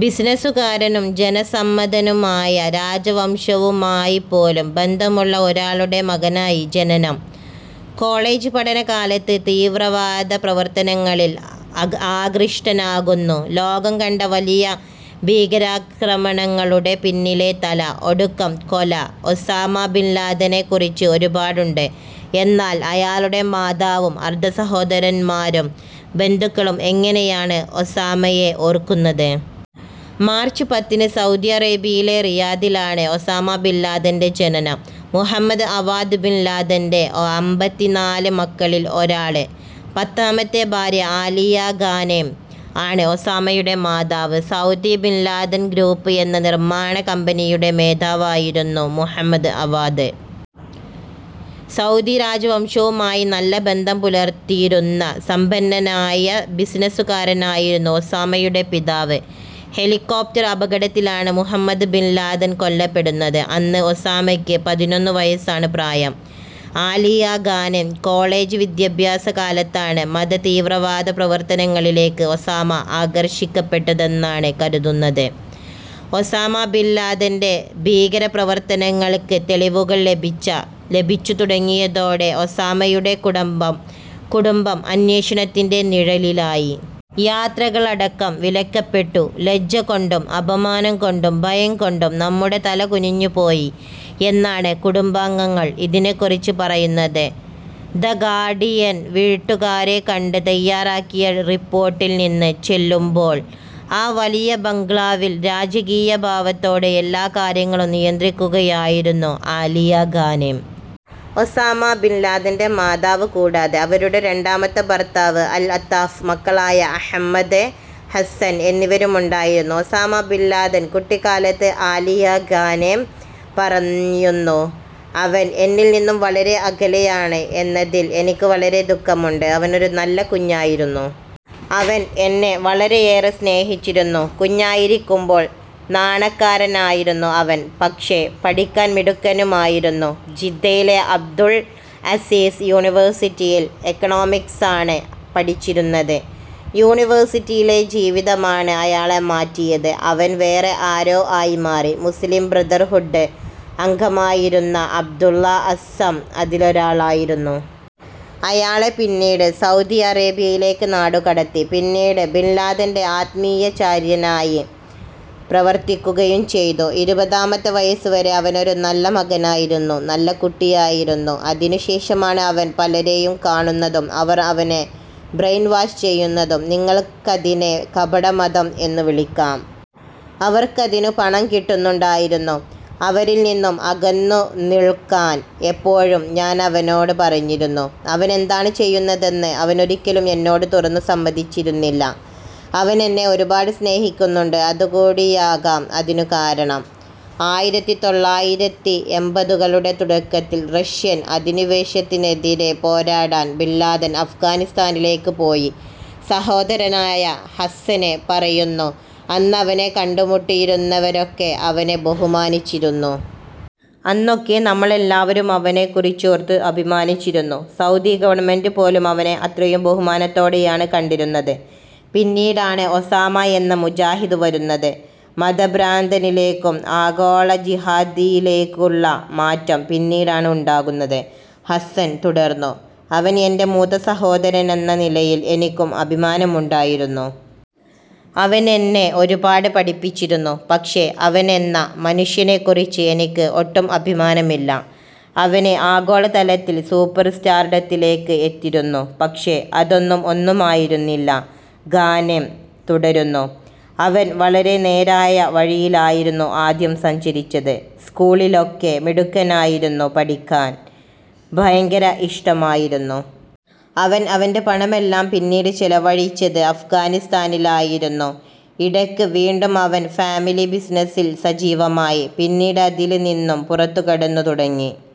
ബിസിനസുകാരനും ജനസമ്മതനുമായ, രാജവംശവുമായിപ്പോലും ബന്ധമുള്ള ഒരാളുടെ മകനായി ജനനം. കോളേജ് പഠന കാലത്ത് തീവ്രവാദ പ്രവർത്തനങ്ങളിൽ ആകൃഷ്ടനാകുന്നു. ലോകം കണ്ട വലിയ ഭീകരാക്രമണങ്ങളുടെ പിന്നിലെ തല. ഒടുക്കം കൊല. ഒസാമ ബിൻ ലാദനെ കുറിച്ച് ഒരുപാടുണ്ട്. എന്നാൽ അയാളുടെ മാതാവും, അർദ്ധ സഹോദരന്മാരും, ബന്ധുക്കളും എങ്ങനെയാണ് ഒസാമയെ ഓർക്കുന്നത്. മാർച്ച് പത്തിന് സൗദി അറേബ്യയിലെ റിയാദിലാണ് ഒസാമ ബിൻലാദന്റെ ജനനം. മുഹമ്മദ് അവാദ് ബിൻ ലാദന്റെ അമ്പതിനാല് മക്കളിൽ ഒരാള്. പത്താമത്തെ ഭാര്യ ആലിയ ഗാനെം ആണ് ഒസാമയുടെ മാതാവ്. ' സൗദി ബിൻ ലാദൻ ഗ്രൂപ്പ് ' എന്ന നിർമ്മാണ കമ്പനിയുടെ മേധാവിയായിരുന്നു മുഹമ്മദ് അവാദ്. സൗദി രാജവംശവുമായി നല്ല ബന്ധം പുലർത്തിയിരുന്ന സമ്പന്നനായ ബിസിനസ്സുകാരനായിരുന്ന ഒസാമയുടെ പിതാവ്. ഹെലികോപ്റ്റർ അപകടത്തിലാണ് മുഹമ്മദ് ബിൻ ലാദൻ കൊല്ലപ്പെടുന്നത്. അന്ന് ഒസാമയ്ക്ക് പതിനൊന്ന് വയസാണ് പ്രായം. ആലിയ ഗാനെം കോളേജ് വിദ്യാഭ്യാസ കാലത്താണ് മതതീവ്രവാദ പ്രവർത്തനങ്ങളിലേക്ക് ഒസാമ ആകർഷിക്കപ്പെട്ടതെന്നാണ് കരുതുന്നത്. ഒസാമ ബിൻ ലാദന്റെ ഭീകരപ്രവര്ത്തനങ്ങൾക്ക് തെളിവുകൾ ലഭിച്ചു തുടങ്ങിയതോടെ ഒസാമയുടെ കുടുംബം അന്വേഷണത്തിന്റെ നിഴലിലായി. യാത്രകളടക്കം വിലക്കപ്പെട്ടു. ' ലജ്ജ കൊണ്ടും അപമാനം കൊണ്ടും ഭയം കൊണ്ടും നമ്മുടെ തല കുനിഞ്ഞുപോയി ' എന്നാണ് കുടുംബാംഗങ്ങൾ ഇതിനെക്കുറിച്ച് പറയുന്നത്. ' ദ ഗാർഡിയൻ ' വീട്ടുകാരെ കണ്ട് തയ്യാറാക്കിയ റിപ്പോർട്ടിൽ നിന്ന്. ചെല്ലുമ്പോൾ, ആ വലിയ ബംഗ്ലാവിൽ രാജകീയ ഭാവത്തോടെ എല്ലാ കാര്യങ്ങളും നിയന്ത്രിക്കുകയായിരുന്നു ആലിയ ഗാനെം. ഒസാമ ബിൻ ലാദന്റെ മാതാവ്. കൂടാതെ അവരുടെ രണ്ടാമത്തെ ഭർത്താവ് അൽ -അത്താഫ്, മക്കളായ അഹമ്മദ്, ഹസ്സൻ എന്നിവരുമുണ്ടായിരുന്നു. ഒസാമ ബിന് ലാദൻ കുട്ടിക്കാലത്ത് ആലിയ ഗാനെം പറയുന്നു, '' അവൻ എന്നിൽ നിന്നും വളരെ അകലെയാണ് എന്നതിൽ എനിക്ക് വളരെ ദുഖമുണ്ട്. അവനൊരു നല്ല കുഞ്ഞായിരുന്നു. അവൻ എന്നെ വളരെയേറെ സ്നേഹിച്ചിരുന്നു. കുഞ്ഞായിരിക്കുമ്പോൾ നാണക്കാരനായിരുന്നു അവൻ. പക്ഷെ, പഠിക്കാൻ മിടുക്കനുമായിരുന്നു. ജിദ്ദയിലെ അബ്ദുള് അസീസ് യൂണിവേഴ്സിറ്റിയിൽ എക്കണോമിക്സാണ് പഠിച്ചിരുന്നത്. യൂണിവേഴ്സിറ്റിയിലെ ജീവിതമാണ് അയാളെ മാറ്റിയത്. അവൻ വേറെ ആരോ ആയി മാറി. '' മുസ്ലിം ബ്രദർഹുഡ് അംഗമായിരുന്ന അബ്ദുല്ല അസ്സം അതിലൊരാളായിരുന്നു. അയാളെ പിന്നീട് സൗദി അറേബ്യയിലേക്ക് നാടുകടത്തി. പിന്നീട് ബിൻ ലാദന്റെ ആത്മീയാചാര്യനായി പ്രവർത്തിക്കുകയും ചെയ്തു. '' ഇരുപതാമത്തെ വയസുവരെ അവനൊരു നല്ല മകനായിരുന്നു. നല്ല കുട്ടിയായിരുന്നു. അതിനു ശേഷമാണ് അവൻ പലരേയും കാണുന്നതും അവർ അവനെ ബ്രെയിൻ വാഷ് ചെയ്യുന്നതും. നിങ്ങൾക്കതിനെ കപടമതം എന്നു വിളിക്കാം. അവർക്കതിന് പണം കിട്ടുന്നുണ്ടായിരുന്നു. അവരിൽ നിന്നും അകന്നുനിൾക്കാൻ എപ്പോഴും ഞാനവനോട് പറഞ്ഞിരുന്നു. അവനെന്താണ് ചെയ്യുന്നതെന്ന് അവനൊരിക്കലും എന്നോട് തുറന്നു സമ്മതിച്ചിരുന്നില്ല. അവനെന്നെ ഒരുപാട് സ്നേഹിക്കുന്നുണ്ട്. അതുകൂടിയാകാം അതിനു കാരണം. ആയിരത്തിതൊള്ളായിരത്തിഎമ്പതുകളുടെ തുടക്കത്തിൽ റഷ്യൻ അധിനിവേശത്തിനെതിരെ പോരാടാൻ ബിൻലാദൻ അഫ്ഗാനിസ്ഥാനിലേക്ക് പോയി. സഹോദരനായ ഹസ്സന് പറയുന്നു. '' അന്നവനെ കണ്ടുമുട്ടിയിരുന്നവരൊക്കെ അവനെ ബഹുമാനിച്ചിരുന്നു. അന്നൊക്കെ നമ്മളെല്ലാവരും അവനെക്കുറിച്ചോർത്തു അഭിമാനിച്ചിരുന്നു. സൗദി ഗവണ്മെന്റ് പോലും അവനെ അത്രയും ബഹുമാനത്തോടെയാണ് കണ്ടിരുന്നത്. പിന്നീടാണ് ഒസാമ എന്ന മുജാഹിദ് വരുന്നത്. '' മതഭ്രാന്തനിലേക്കും ആഗോള ജിഹാദിയിലേക്കുമുള്ള മാറ്റം പിന്നീടാണ് ഉണ്ടാകുന്നത്. ഹസ്സൻ തുടർന്നു. '' അവൻ എന്റെ മൂത്ത സഹോദരനെന്ന നിലയിൽ എനിക്കും അഭിമാനമുണ്ടായിരുന്നു. അവനെന്നെ ഒരുപാട് പഠിപ്പിച്ചിരുന്നു. പക്ഷെ, അവനെന്ന മനുഷ്യനെ കുറിച്ച് എനിക്ക് ഒട്ടും അഭിമാനമില്ല. അവന് ആഗോളതലത്തിൽ സൂപ്പർ സ്റ്റാർഡത്തിലേക്ക് എത്തിയിരുന്നു. പക്ഷെ, അതൊന്നും ഒന്നുമായിരുന്നില്ല. '' ഗാനെം തുടരുന്നു. '' അവൻ വളരെ നേരായ വഴിയിലായിരുന്നു ആദ്യം സഞ്ചരിച്ചത്. സ്കൂളിലൊക്കെ മിടുക്കനായിരുന്നു. പഠിക്കാൻ ഭയങ്കര ഇഷ്ടമായിരുന്നു. അവൻ അവന്റെ പണമെല്ലാം പിന്നീട് ചെലവഴിച്ചത് അഫ്ഗാനിസ്ഥാനിലായിരുന്നു. ഇയട്ക്ക് വീണ്ടും അവൻ ഫാമിലി ബിസിനസിൽ സജീവമായി. പിന്നീടതില് നിന്നും പുറത്തുകടന്നു തുടങ്ങി.